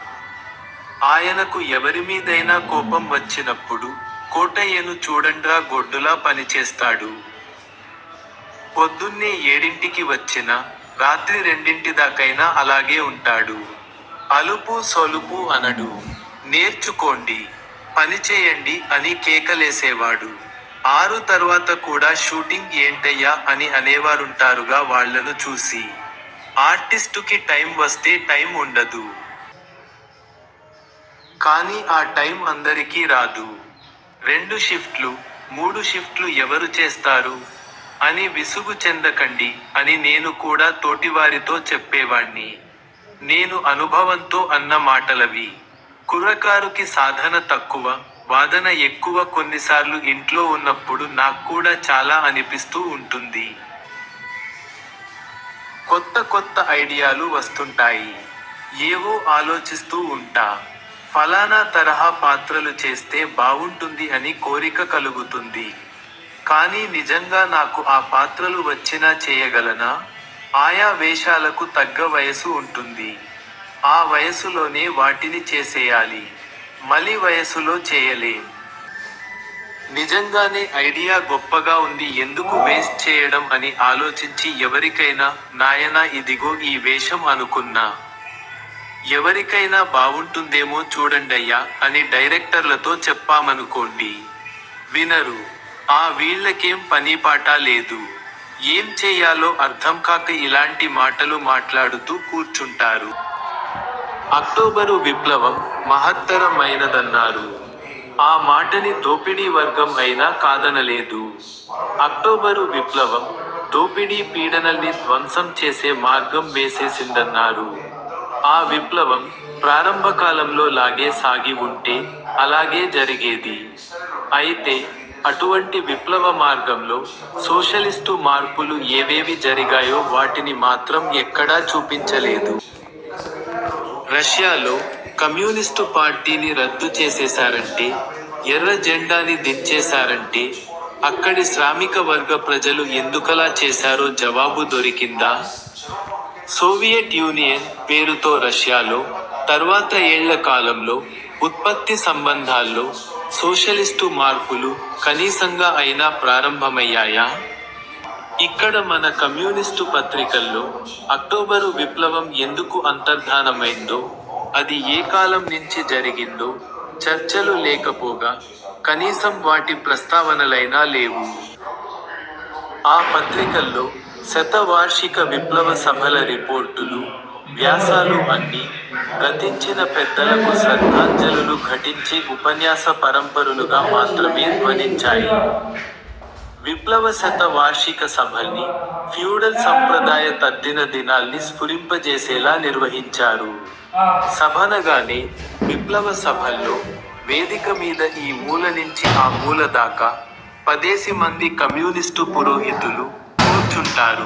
ఆయనకు ఎవరిమీదైనా కోపం వచ్చినప్పుడు 'కోటయ్యను చూడండ్రా గొడ్డులా పనిచేస్తాడు. పొద్దున్నే ఏడింటికి వచ్చినా, రాత్రి రెండింటిదాకైనా అలాగే ఉంటాడు. అలుపూ సొలుపూ అనడు. నేర్చుకోండి. పనిచేయండి' అని కేకలేసేవాడు. 'ఆరు తర్వాత కూడా షూటింగ్ ఏంటయ్యా' అని అనేవారుంటారుగా వాళ్లను చూసి! 'ఆర్టిస్టుకి టైమ్ వస్తే టైమ్ ఉండదు. కానీ ఆ టైమ్ అందరికీ రాదు. 'రెండు షిఫ్ట్లు, మూడు షిఫ్ట్లు ఎవరు చేస్తారు? అని విసుగు చెందకండి' అని నేను కూడా తోటివారితో చెప్పేవాణ్ణి. నేను అనుభవంతో అన్న మాటలవి. కుర్రకారుకి సాధన తక్కువ-వాదన ఎక్కువ కొన్నిసార్లు ఇంట్లో ఉన్నప్పుడు నాక్కూడా చాలా అనిపిస్తూ ఉంటుంది. కొత్త కొత్త ఐడియాలు వస్తుంటాయి. ఏవో ఆలోచిస్తూ ఉంటా. ఫలానా తరహా పాత్రలు చేస్తే బావుంటుంది అని కోరిక కలుగుతుంది. కానీ నిజంగా నాకు ఆ పాత్రలు వచ్చినా చేయగలనా? ఆయా వేషాలకు తగ్గ వయసు ఉంటుంది. ఆ వయసులోనే వాటిని చేసేయాలి. మలి వయసులో చేయలేం. నిజంగానే ఐడియా గొప్పగా ఉంది ఎందుకు వేస్ట్ చేయడం అని ఆలోచించి ఎవరికైనా 'నాయనా ఇదిగో ఈ వేషం అనుకున్నా. ఎవరికైనా బావుంటుందేమో చూడండయ్యా' అని డైరెక్టర్లతో చెప్పామనుకోండి. వినరు. 'ఆ వీళ్లకేం పనీపాటా లేదు. ఏం చెయ్యాలో అర్థంకాక ఇలాంటి మాటలు మాట్లాడుతూ కూర్చుంటారు. అక్టోబరు విప్లవం 'మహత్తర'మైనదన్నారు. ఆ మాటని దోపిడీ వర్గం అయినా కాదనలేదు. అక్టోబరు విప్లవం, దోపిడీ పీడనల్ని ధ్వంసం చేసే మార్గం వేసేసిందన్నారు. ఆ విప్లవం, ప్రారంభ కాలంలో లాగే సాగి వుంటే, అలాగే జరిగేది. అయితే, అటువంటి విప్లవ మార్గంలో, సోషలిస్టు మార్పులు ఏవేవి జరిగాయో వాటిని మాత్రం ఎక్కడా చూపించలేదు. రష్యాలో, కమ్యూనిస్టు పార్టీని రద్దు చేసేశారంటే, ఎర్ర జెండాని దించేశారంటే, అక్కడి శ్రామిక వర్గ ప్రజలు ఎందుకలా చేశారో జవాబు దొరికిందా? 'సోవియట్ యూనియన్' పేరుతో రష్యాలో, తర్వాత ఏళ్ళ కాలంలో, 'ఉత్పత్తి సంబంధాల్లో, సోషలిస్టు మార్పులు' కనీసంగా అయినా ప్రారంభమయ్యాయా? ఇక్కడ మన కమ్యూనిస్టు పత్రికల్లో, అక్టోబరు విప్లవం ఎందుకు అంతర్ధానమైందో, అది ఏ కాలం నించి జరిగిందో, చర్చలు లేకపోగా, కనీసం వాటి ప్రస్తావనలైనా లేవు. ఆ పత్రికల్లో, శత వార్షిక విప్లవ సభల రిపోర్టులూ, వ్యాసాలూ అన్నీ, గతించిన పెద్దలకు శ్రద్ధాంజలులు ఘటించే ఉపన్యాస పరంపరులుగా మాత్రమే ధ్వనించాయి. విప్లవ శత వార్షిక సభల్ని, ఫ్యూడల్ సంప్రదాయ తద్దిన దినాల్ని స్ఫురింపజేసేలా నిర్వహించారు! 'సభ' అనగానే, విప్లవ సభల్లో, వేదిక మీద ఈ మూల నించి ఆ మూల దాకా, పదేసి మంది కమ్యూనిస్టు పురోహితులు, కూర్చుంటారు.